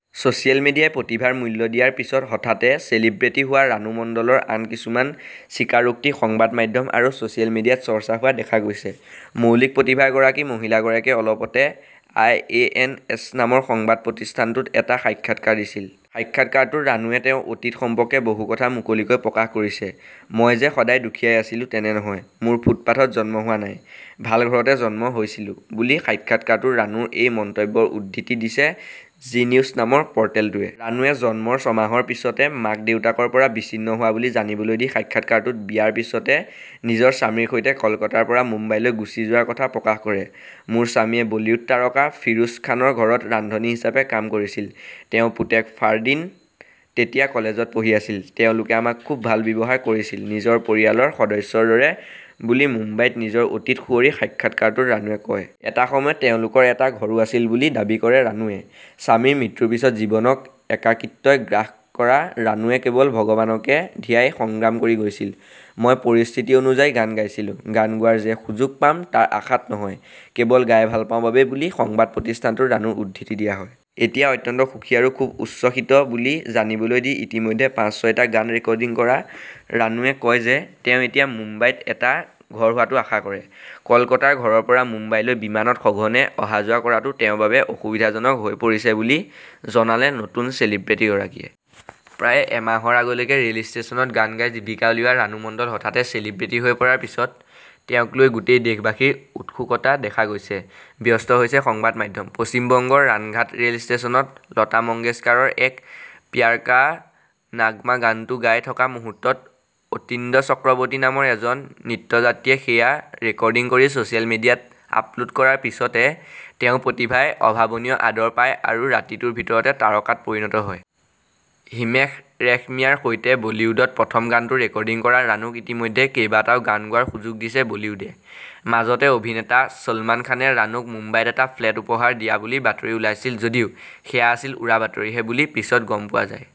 Social মিডিয়াই প্ৰতিভাৰ মূল্য দিয়াৰ পিছত হঠাতে চেলিব্ৰেটি হোৱা ৰাণু মণ্ডলৰ আন কিছুমান স্বীকাৰোক্তি সংবাদ মাধ্যম আৰু ছচিয়েল মিডিয়াত চৰ্চা হোৱা দেখা গৈছে। মৌলিক প্ৰতিভাৰ গৰাকী মহিলাগৰাকীয়ে অলপতে আই এ এন এছ নামৰ সংবাদ প্ৰতিষ্ঠানটোত এটা সাক্ষাৎকাৰ দিছিল। সাক্ষাৎকাৰটোত ৰাণুৱে তেওঁৰ অতীত সম্পৰ্কে বহু কথা মুকলিকৈ প্ৰকাশ কৰিছে। মই যে সদায়ে দুখীয়াই আছিলো তেনে নহয়, মোৰ ফুটপাথত জন্ম হোৱা নাই, ভাল ঘৰতে জন্ম হৈছিলো বুলি সাক্ষাৎকাৰটোত ৰাণুৰ এই মন্তব্যৰ উদ্ধৃতি দিছে জী নিউজ নামৰ পৰ্টেলটোৱে। ৰাণুৱে জন্মৰ ছমাহৰ পিছতে মাক দেউতাকৰ পৰা বিচ্ছিন্ন হোৱা বুলি জানিবলৈ দি সাক্ষাৎকাৰটোত বিয়াৰ পিছতে নিজৰ স্বামীৰ সৈতে কলকাতাৰ পৰা মুম্বাইলৈ গুচি যোৱাৰ কথা প্ৰকাশ কৰে। মোৰ স্বামীয়ে বলিউড তাৰকা ফিৰোজ খানৰ ঘৰত ৰান্ধনী হিচাপে কাম কৰিছিল, তেওঁৰ পুতেক ফাৰদীন তেতিয়া কলেজত পঢ়ি আছিল, তেওঁলোকে আমাক খুব ভাল ব্যৱহাৰ কৰিছিল নিজৰ পৰিয়ালৰ সদস্যৰ দৰে বুলি মুম্বাইত নিজৰ অতীত সুঁৱৰি সাক্ষাৎকাৰটোত ৰাণুৱে কয়। এটা সময়ত তেওঁলোকৰ এটা ঘৰো আছিল বুলি দাবী কৰে ৰাণুৱে। স্বামীৰ মৃত্যুৰ পিছত জীৱনক একাকীত্বই গ্ৰাস কৰা ৰাণুৱে কেৱল ভগৱানকে ধিয়াই সংগ্ৰাম কৰি গৈছিল। মই পৰিস্থিতি অনুযায়ী গান গাইছিলো, গান গোৱাৰ যে সুযোগ পাম তাৰ আশাত নহয় কেৱল গাই ভাল পাওঁ বাবেই বুলি সংবাদ প্ৰতিষ্ঠানটোত ৰাণুৰ উদ্ধৃতি দিয়া হয়। এতিয়া অত্যন্ত সুখী আৰু খুব উচ্ছ্বসিত বুলি জানিবলৈ দি ইতিমধ্যে পাঁচ ছয়টা গান ৰেকৰ্ডিং কৰা ৰাণুৱে কয় যে তেওঁ এতিয়া মুম্বাইত এটা ঘৰ হোৱাটো আশা কৰে। কলকাতাৰ ঘৰৰ পৰা মুম্বাইলৈ বিমানত সঘনে অহাযোৱা কৰাটো তেওঁৰ বাবে অসুবিধাজনক হৈ পৰিছে বুলি জনালে নতুন চেলিব্ৰেটিগৰাকীয়ে। প্ৰায় এমাহৰ আগলৈকে ৰেল ষ্টেচনত গান গাই জীৱিকা উলিওৱা ৰাণু মণ্ডল হঠাৎ চেলিব্ৰেটি হৈ পৰাৰ পিছত তেওঁক লৈ গোটেই দেশবাসীৰ উৎসুকতা দেখা গৈছে, ব্যস্ত হৈছে সংবাদ মাধ্যম। পশ্চিমবংগৰ ৰাণাঘাট ৰেল ষ্টেচনত লতা মংগেশকাৰৰ এক প্যাৰ কা নাগমা গানটো গাই থকা মুহূৰ্তত অতীন্দ্ৰ চক্ৰৱৰ্তী নামৰ এজন নিত্যযাত্ৰীয়ে সেয়া ৰেকৰ্ডিং কৰি ছচিয়েল মিডিয়াত আপলোড কৰাৰ পিছতে তেওঁৰ প্ৰতিভাই অভাৱনীয় আদৰ পায় আৰু ৰাতিটোৰ ভিতৰতে তাৰকাত পৰিণত হয়। হিমেশ ৰেশমিয়াৰ সৈতে বলিউডত প্ৰথম গানটো ৰেকৰ্ডিং কৰা ৰাণুক ইতিমধ্যে কেইবাটাও গান গোৱাৰ সুযোগ দিছে বলিউডে। মাজতে অভিনেতা ছলমান খানে ৰাণুক মুম্বাইত এটা ফ্লেট উপহাৰ দিয়া বুলি বাতৰি ওলাইছিল যদিও সেয়া আছিল উৰাবাতৰিহে বুলি পিছত গম পোৱা যায়।